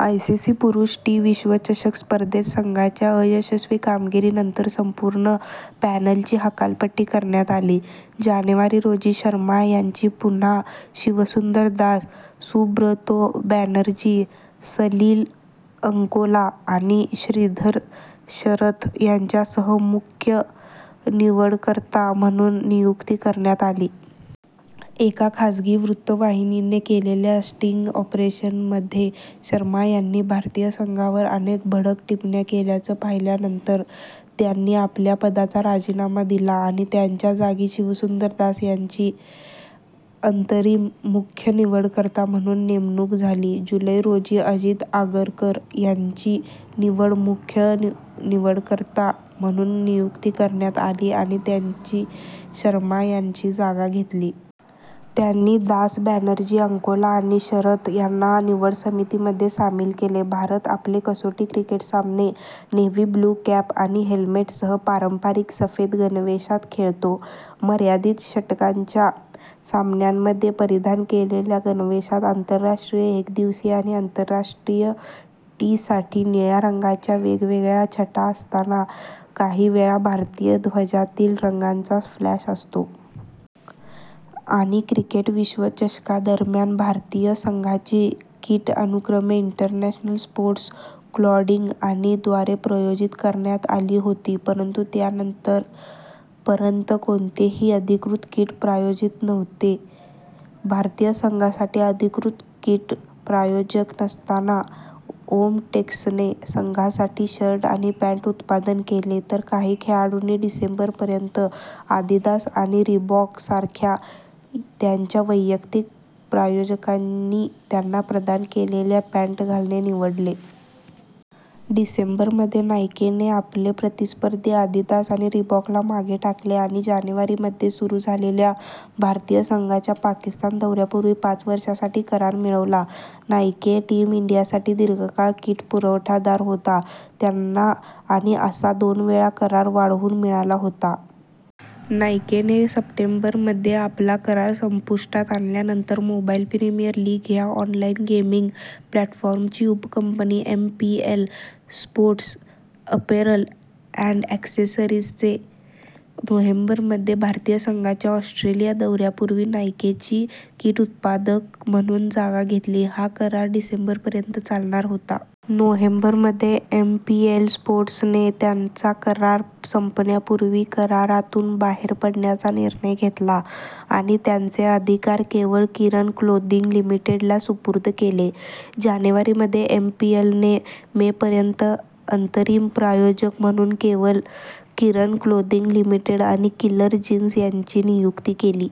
ICC पुरुष T विश्वचषक स्पर्धेत संघाच्या अयशस्वी कामगिरीनंतर संपूर्ण पॅनेलची हकालपट्टी करण्यात आली. जानेवारी रोजी, शर्मा यांची पुन्हा शिवसुंदर दास, सुब्रतो बॅनर्जी, सलील अंकोला आणि श्रीधरन शरथ यांच्यासह मुख्य निवडकर्ता म्हणून नियुक्ती करण्यात आली. एका खाजगी वृत्तवाहिनीने केलेल्या स्टिंग ऑपरेशनमध्ये शर्मा यांनी भारतीय संघावर अनेक भडक टिप्पण्या केल्याचं पाहिल्यानंतर त्यांनी आपल्या पदाचा राजीनामा दिला आणि त्यांच्या जागी शिवसुंदर दास ह्यांची अंतरिम मुख्य निवडकर्ता म्हणून नेमणूक झाली. जुलै रोजी, अजित आगरकर यांची नवीन मुख्य निवडकर्ता म्हणून नियुक्ती करण्यात आली आणि त्यांनी शर्मा यांची जागा घेतली. त्यांनी दास, बॅनर्जी, अंकोला आणि शरथ यांना निवड समितीमध्ये सामील केले. भारत आपले कसोटी क्रिकेट सामने नेव्ही ब्लू कॅप आणि हेल्मेट सह पारंपारिक सफेद गणवेशात खेळतो. मर्यादित षटकांच्या सामन्यांमध्ये परिधान केलेल्या गणवेशात आंतरराष्ट्रीय एकदिवसीय आणि आंतरराष्ट्रीय टी साठी निळ्या रंगाच्या वेगवेगळ्या छटा असतात, काहीवेळा भारतीय ध्वजातील रंगांचा स्प्लॅश असतो.। आणि क्रिकेट विश्वचषकादरम्यान, भारतीय संघाची किट अनुक्रमे इंटरनॅशनल स्पोर्ट्स क्लोदिंग आणि द्वारे प्रायोजित करण्यात आली होती, परंतु त्यानंतर पर्यंत कोणतेही अधिकृत किट प्रायोजक नव्हते. भारतीय संघासाठी अधिकृत किट प्रायोजक नसताना, ओमटेक्सने संघासाठी शर्ट आणि पँट उत्पादित केले, तर काही खेळाडूंनी डिसेंबर पर्यंत आदिदास आणि रिबॉक सारख्या त्यांच्या वैयक्तिक प्रायोजकांनी त्यांना प्रदान केलेल्या पँट घालणे निवडले. डिसेंबर मध्ये, नाइकेने आपले प्रतिस्पर्धी आदिदास आणि रिबॉकला मागे टाकले आणि जानेवारी मध्ये सुरू झालेल्या भारतीय संघाच्या पाकिस्तान दौऱ्यापूर्वी पाच वर्षांसाठी करार मिळवला. नाइके टीम इंडियासाठी दीर्घकाळ किट पुरवठादार होता. त्यांना आणि असा दोनवेळा करार वाढवून मिळाला होता. नाइकेने सप्टेंबर मध्ये आपला करार संपुष्टात आणल्यानंतर, मोबाइल प्रीमियर लीग ह्या ऑनलाइन गेमिंग प्लॅटफॉर्मची उपकंपनी एमपीएल स्पोर्ट्स अपेरल अँड ॲक्सेसरीजने नोव्हेंबर मध्ये भारतीय संघाच्या ऑस्ट्रेलिया दौऱ्यापूर्वी नाइकेची किट उत्पादक म्हणून जागा घेतली. हा करार डिसेंबर पर्यंत चालणार होता. नोव्हेंबर मध्ये, एमपीएल स्पोर्ट्सने त्यांचा करार संपण्यापूर्वी करारातून बाहेर पडण्याचा निर्णय घेतला आणि त्यांचे अधिकार केवल किरण क्लोदिंग लिमिटेड ला सुपूर्द केले. जानेवारी मध्ये, एमपीएलने मे पर्यंत अंतरिम प्रायोजक म्हणून केवल किरण क्लोदिंग लिमिटेड आणि किलर जीन्स यांची नियुक्ती केली.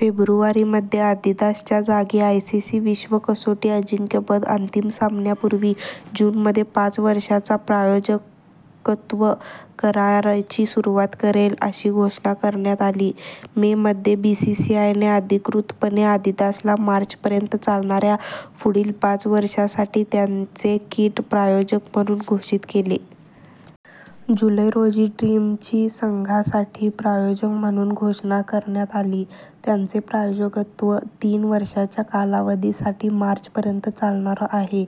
फेब्रुवारी मध्ये, आदिदास च्या जागी आयसीसी विश्व कसोटी अजिंक्यपद अंतिम सामन्यापूर्वी जून मध्ये पाच वर्षांच्या प्रायोजकत्व कराराची सुरुवात करेल अशी घोषणा करण्यात आली. मे मध्ये, बीसीसीआय ने अधिकृतपणे आदिदासला मार्च पर्यंत चालणाऱ्या पुढील पाच वर्षांसाठी त्यांचे किट प्रायोजक म्हणून घोषित केले. जुलै रोजी ड्रीम ची संघासाठी प्रायोजक म्हणून घोषणा करण्यात आली. त्यांचे प्रायोजकत्व तीन वर्षांच्या कालावधीसाठी मार्च पर्यंत चालणार आहे.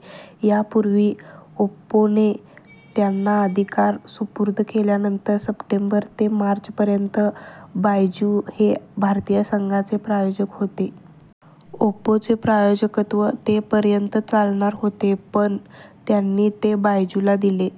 यापूर्वी, ओप्पोने त्यांना अधिकार सुपूर्द केल्यानंतर सप्टेंबर ते मार्च पर्यंत बायजू हे भारतीय संघाचे प्रायोजक होते. ओप्पोचे प्रायोजकत्व ते पर्यंत चालणार होते, पण त्यांनी ते बायजूला दिले.